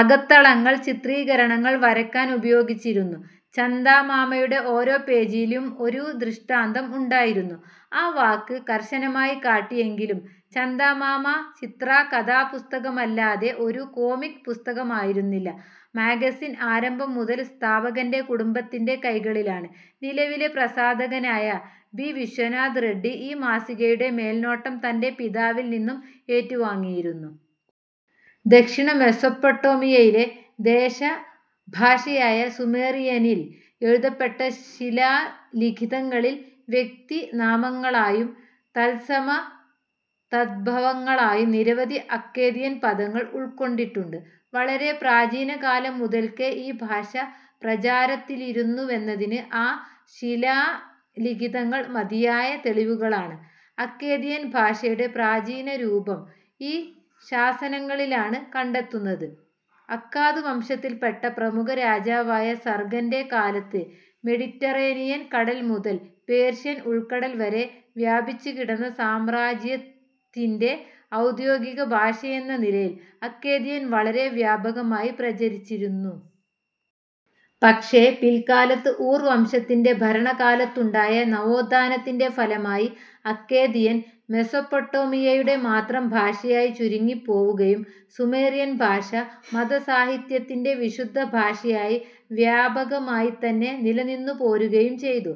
അകത്തളങ്ങൾ ചിത്രീകരണങ്ങൾ വരയ്ക്കാൻ ഉപയോഗിച്ചിരുന്നു. ചന്ദാമാമയുടെ ഓരോ പേജിലും ഒരു ദൃഷ്ടാന്തം ഉണ്ടായിരുന്നു. ആ വാക്ക് കർശനമായി കാട്ടിയെങ്കിലും ചന്ദാമാമ ചിത്രാ-കഥാപുസ്തകമല്ലാതെ ഒരു കോമിക്ക് പുസ്തകമായിരുന്നില്ല. മാഗസിൻ ആരംഭം മുതൽ സ്ഥാപകന്റെ കുടുംബത്തിന്റെ കൈകളിലാണ്. നിലവിലെ പ്രസാധകനായ ബി വിശ്വനാഥ് റെഡ്ഡി ഈ മാസികയുടെ മേൽനോട്ടം തന്റെ പിതാവിൽ നിന്നും ഏറ്റുവാങ്ങിയിരുന്നു. ദക്ഷിണ മെസൊപ്പൊട്ടേമിയയിലെ ദേശഭാഷയായ സുമേറിയനിൽ എഴുതപ്പെട്ട ശിലാലിഖിതങ്ങളിൽ, വ്യക്തിനാമങ്ങളായും തത്സമ-തദ്ഭവങ്ങളായും നിരവധി അക്കേദിയൻ പദങ്ങൾ ഉൾക്കൊണ്ടിട്ടുണ്ട്. വളരെ പ്രാചീനകാലം മുതൽക്കേ ഈ ഭാഷ പ്രചാരത്തിലിരുന്നുവെന്നതിന് ആ ശിലാലിഖിതങ്ങൾ മതിയായ തെളിവുകളാണ്. അക്കേദിയൻ ഭാഷയുടെ പ്രാചീനരൂപം ഈ ശാസനങ്ങളിലാണ് കണ്ടെത്തുന്നത്. അക്കാദ് വംശത്തിൽപ്പെട്ട പ്രമുഖ രാജാവായ സർഗന്റെ കാലത്ത് മെഡിറ്ററേനിയൻ കടൽ മുതൽ പേർഷ്യൻ ഉൾക്കടൽ വരെ വ്യാപിച്ചുകിടന്ന സാമ്രാജ്യത്തിന്റെ ഔദ്യോഗികഭാഷയെന്ന നിലയിൽ അക്കേദിയൻ വളരെ വ്യാപകമായി പ്രചരിച്ചിരുന്നു. പക്ഷേ പില്ക്കാലത്ത് ഊർ വംശത്തിന്റെ ഭരണകാലത്തുണ്ടായ നവോത്ഥാനത്തിന്റെ ഫലമായി അക്കേദിയൻ മെസൊപ്പൊട്ടേമിയയുടെ മാത്രം ഭാഷയായി ചുരുങ്ങിപ്പോവുകയും സുമേറിയൻ ഭാഷ മതസാഹിത്യത്തിന്റെ വിശുദ്ധ ഭാഷയായി വ്യാപകമായിത്തന്നെ നിലനിന്നുപോരുകയും ചെയ്തു.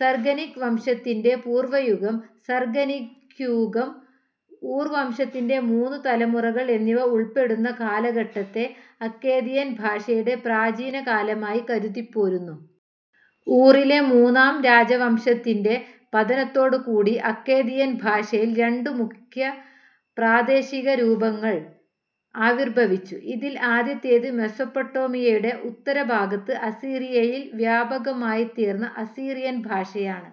സർഗനിക് വംശത്തിന്റെ പൂർവയുഗം, സർഗനിക്യുഗം, ഊർവംശത്തിന്റെ മൂന്നു തലമുറകൾ എന്നിവ ഉൾപ്പെടുന്ന കാലഘട്ടത്തെ, അക്കേദിയൻ ഭാഷയുടെ പ്രാചീനകാലമായി കരുതിപ്പോരുന്നു. ഊറിലെ മൂന്നാം രാജവംശത്തിന്റെ പതനത്തോടുകൂടി അക്കേദിയൻ ഭാഷയിൽ രണ്ടു മുഖ്യപ്രാദേശികരൂപങ്ങൾ ആവിർഭവിച്ചു. ഇതിൽ ആദ്യത്തേത് മെസൊപ്പൊട്ടേമിയയുടെ ഉത്തരഭാഗത്ത് അസീറിയയിൽ വ്യാപകമായിത്തീർന്ന അസീറിയൻഭാഷയാണ്.